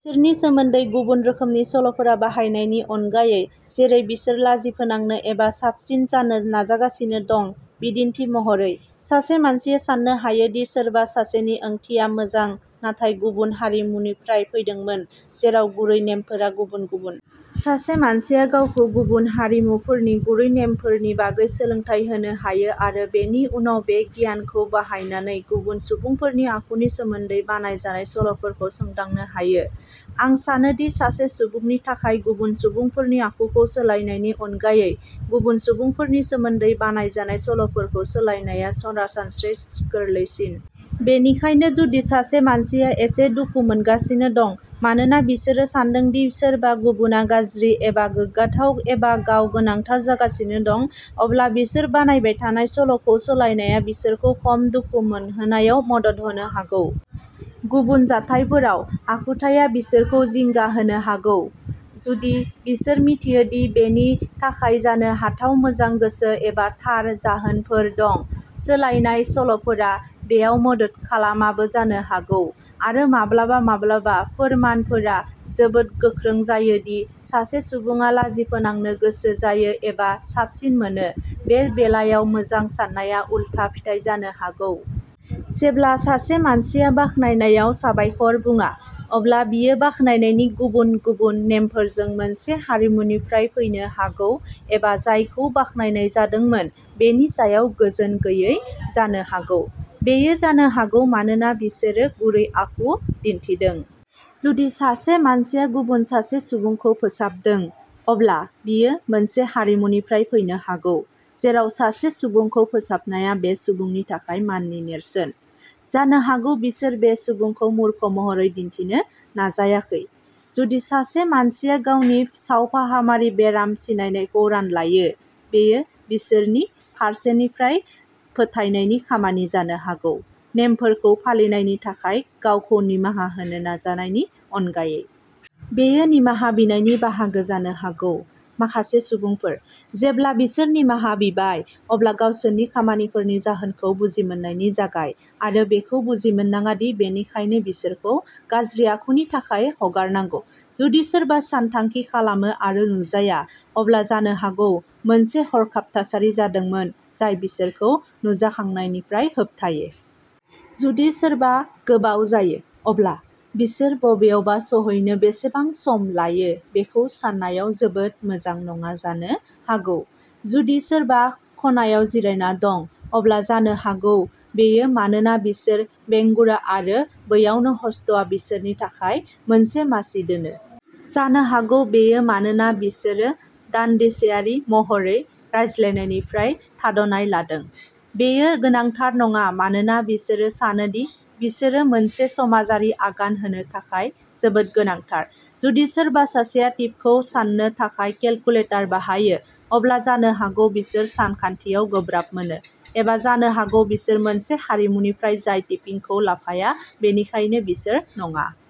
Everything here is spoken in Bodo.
बिसोरनि सोमोन्दै गुबुन रोखोमनि सल'फोर बानायनायनि अनगायै, जेरै बिसोर लाजि फोनांनो एबा साबसिन जानो नाजागासिनो दं। बिदिन्थि महरै, सासे मानसिया साननो हायो दि सोरबा सासेनि ओंथिया मोजां नाथाय गुबुन हारिमुनिफ्राय फैदोंमोन जेराव गुरै नेमफोरा गुबुन गुबुन। सासे मानसिया गावखौ गुबुन हारिमुफोरनि गुरै नेमफोरनि बागै सोलोंथाय होनो हायो आरो बेनि उनाव बै गियानखौ बाहायनानै गुबुन सुबुंफोरनि आखुनि सोमोन्दै बानायजानाय सल'फोरखौ सोदांनो हायो। आं सानो दि सासे सुबुंनि थाखाय गुबुन सुबुंफोरनि आखुखौ सोलायनायनि अनगायै गुबुन सुबुंफोरनि सोमोन्दै बानायजानाय सल'फोरखौ सोलायनाया सरासनस्रायै गोरलैसिन। बेनिखायनो जुदि सासे मानसिया एसे दुखु मोनगासिनो दं मानोना बिसोरो सान्दों दि सोरबा गुबुनआ गाज्रि एबा गोग्गाथाव एबा गाव गोनांथार जागासिनो दं, अब्ला बिसोर बानायबाय थानाय सल'खौ सोलायनाया बिसोरखौ खम दुखु मोनहोनायाव मदद होनो हागौ। गुबुन जाथायफोराव, आखुथाया बिसोरखौ जिंगा होनो हागौ, जुदि बिसोर मिथियो दि बेनि थाखाय जानो हाथाव मोजां गोसो एबा थार जाहोनफोर दं। सोलायनाय सल'फोरा बेयाव मदद खालामाबो जानो हागौ। आरो माब्लाबा माब्लाबा फोरमानफोरा जोबोद गोख्रों जायो दि सासे सुबुङा लाजि फोनांनो गोसो जायो एबा साबसिन मोनो, बे बेलायाव मोजां सान्नाया उलथा फिथाय जानो हागौ। जेब्ला सासे मानसिया बाख्नायनायाव "साबायखर" बुङा, अब्ला बियो बाख्नायनायनि गुबुन गुबुन नेमफोरजों मोनसे हारिमुनिफ्राय फैनो हागौ एबा जायखौ बाख्नायनाय जादोंमोन बेनि सायाव गोजोन गैयै जानो हागौ। बेयो जानो हागौ मानोना बिसोर गुरै आखु दिन्थिदों। जुदि सासे मानसिया गुबुन सासे सुबुंखौ फोसाबदों, अब्ला बियो मोनसे हारिमुनिफ्राय फैनो हागौ जेराव सासे सुबुंखौ फोसाबनाया बै सुबुंनि थाखाय माननि नेरसोन। जानो हागौ बिसोर बै सुबुंखौ मूर्ख महरै दिन्थिनो नाजायाखै। जुदि सासे मानसिया गावनि सावफाहामारि बेराम सिनायनायखौ रानलायो, बेयो बिसोरनि फारसेनिफ्राय फोथायनायनि खामानि जानो हागौ, नेमफोरखौ फालिनायनि थाखाय गावखौ निमाहा होनो नाजानायनि अनगायै। बेयो निमाहा बिनायनि बाहागो जानो हागौ। माखासे सुबुंफोर, जेब्ला बिसोर निमाहा बिबाय, अब्ला गावसोरनि खामानिफोरनि जाहोनखौ बुजिमोननानै जागाय, आरो बेखौ बुजिमोननाङा दि बेनिखायनो बिसोरखौ गाज्रि आखुनि थाखाय हगारनांगौ। जुदि सोरबा सानथांखि खालामो आरो नुजाया, अब्ला जानो हागौ मोनसे हरखाब थासारि जादोंमोन जाय बिसोरखौ नुजाखांनायनिफ्राय होबथायो। जुदि सोरबा गोबाव जायो, अब्ला बिसोर बबेयावबा सौहैनो बेसेबां सम लायो बेखौ सान्नायाव जोबोद मोजां नङा जानो हागौ। जुदि सोरबा खनायाव जिरायना दं, अब्ला जानो हागौ बेयो मानोना बिसोर बेंगुरा आरो बैयावनो ह'स्टआ बिसोरनि थाखाय मोनसे मासि दोनो। जानो हागौ बेयो मानोना बिसोरो दानदिसेयारि महरै रायज्लायनायनिफ्राय थाद'नाय लादों। बेयो गोनांथार नङा मानोना बिसोरो सानो दि बिसोरो मोनसे समाजारि आगान होनो थाखाय जोबोद गोनांथार। जुदि सोरबा सासेया टिपखौ साननो थाखाय केलकुलेटर बाहायो, अब्ला जानो हागौ बिसोर सानखान्थियाव गोब्राब मोनो, एबा जानो हागौ बिसोर मोनसे हारिमुनिफ्राय जाय टिपिंखौ लाफाया, बेनिखायनो बिसोर नङा।